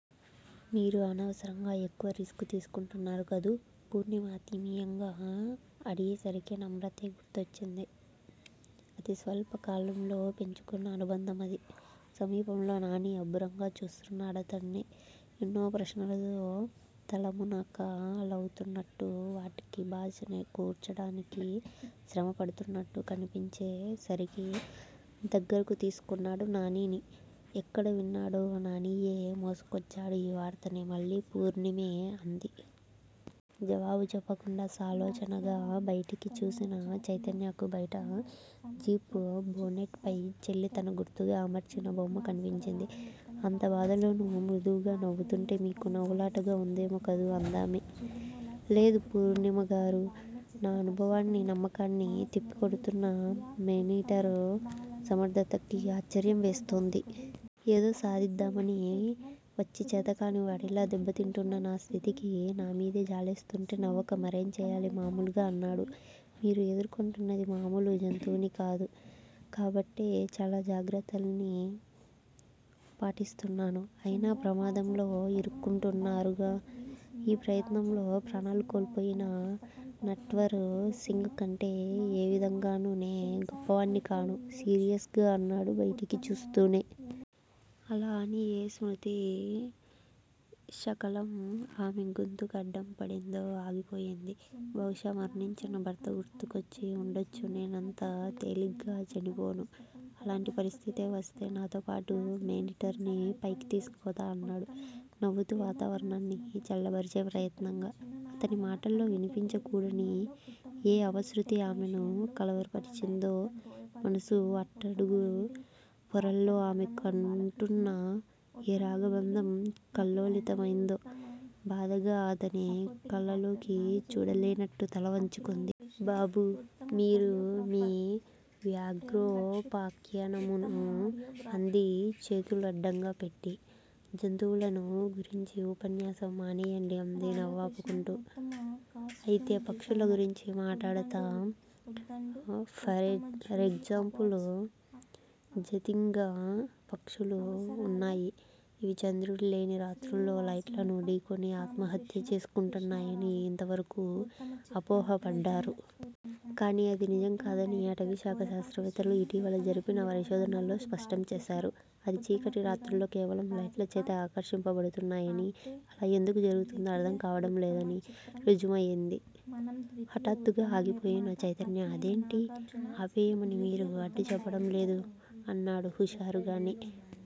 మీరు అనవసరంగా ఎక్కువ రిస్కు తీసుకుంటున్నారు కదూ? పూర్ణిమ ఆత్మీయంగా అడిగేసరికి నమ్రతే గుర్తుకొచ్చింది. అతిస్వల్పకాలంలో పెంచుకున్న అనుబంధమది. సమీపంలో నానీ అబ్బురంగా చూస్తున్నాడతడ్నే. ఎన్నో ప్రశ్నలతో తలమునకలవుతున్నట్టు వాటికి భాష కూర్చడానికి శ్రమ పడుతున్నట్టు కనిపించే సరికి దగ్గరకు తీసుకున్నాడు నానీని. ఎక్కడ విన్నాడో నానీయే మోసుకొచ్చాడు ఈ వార్తని మళ్ళీ పూర్ణిమే అంది. జవాబు చెప్పకుండా సాలోచనగా బయటికి చూసిన చైతన్యకు బయట జీప్ బోనెట్ పై చెల్లి తన గుర్తుగా అమర్చిన బొమ్మ కనిపించింది. అంత బాధలోనూ మృదువుగా నవ్వుతుంటే మీకు నవ్వులాటగా ఉందేమో కదూ అందామె. లేదు పూర్ణిమగారూ, నా అనుభవాన్ని, నమ్మకాన్ని తిప్పికొడుతున్న మేనీటర్ సమర్ధతకి ఆశ్చర్యం వేస్తోంది. ఏదో సాధిద్దామని వచ్చి చేతకాని వాడిలా దెబ్బతింటున్న నా స్థితికి నా మీదే జాలేస్తుంటే నవ్వక మరేం చేయాలి మామూలుగా అన్నాడు. మీరు ఎదుర్కొంటున్నది మామూలు జంతువుని కాదు. కాబట్టే చాలా జాగ్రత్తల్ని పాటిస్తున్నాను. అయినా ప్రమాదంలో ఇరుక్కుంటున్నారుగా? ఈ ప్రయత్నంలో ప్రాణాలు కోల్పోయిన నట్వర్ సింగ్ కంటే ఏవిధంగానూ నే గొప్పవాణ్ని కాదు సీరియస్ గా అన్నాడు బయటికి చూస్తూనే. అలా అని ఏ స్మృతిశకలం ఆమె గొంతుక్కడ్డం పడిందో ఆగిపోయింది. బహుశా మరణించిన భర్త గుర్తుకొచ్చి ఉండొచ్చు. నేనంత తేలిగ్గా చనిపోను. అలాంటి పరిస్థితే వస్తే నాతోపాటు మేనీటర్ ని పైకి తీసుకుపోతా అన్నాడు నవ్వుతూ వాతావరణాన్ని చల్లబరిచే ప్రయత్నంగా. అతని మాటల్లో వినిపించకూడని ఏ అపశ్రుతి ఆమెను కలవరపరిచిందో మనసు అట్టడుగు పొరల్లో ఆమె కుంటున్న ఏ రాగబంధం కల్లోలితమైందో బాధగా అతని కళ్ళల్లోకి చూడలేనట్టు తలవంచుకుంది. బాబూ! మీరూ మీ వ్యాఘ్రోపాఖ్యానమూనూ అంది చేతులు అడ్డంగా పెట్టి. జంతువులను గురించి ఉపన్యాసం మానేయండి అంది నవ్వాపుకుంటూ. అయితే పక్షుల గురించి మాటాడతా. ఫరెగ్జాంపుల్ జతింగ పక్షులు వున్నాయి. ఇవి చంద్రుడు లేని రాత్రుల్లో లైట్లను ఢీకొని ఆత్మహత్య చేసుకుంటున్నాయని ఇంతవరకూ అపోహ పడ్డారు. కాని అది నిజంకాదని అటవీశాఖ శాస్త్రవేత్తలు ఇటీవల జరిపిన పరిశోధనల్లో స్పష్టం చేశారు. అది చీకటి రాత్రుల్లో కేవలం లైట్లచేత ఆకర్షింప బడుతున్నాయని, అలా ఎందుకు జరుగుతుందో అర్ధం కావడం లేదని రుజుమయింది హటాత్తుగా ఆగిపోయిన చైతన్య అదేంటీ_ఆపేయమని మీరు అడ్డుచెప్పడం లేదూ అన్నాడు హుషారుగానే.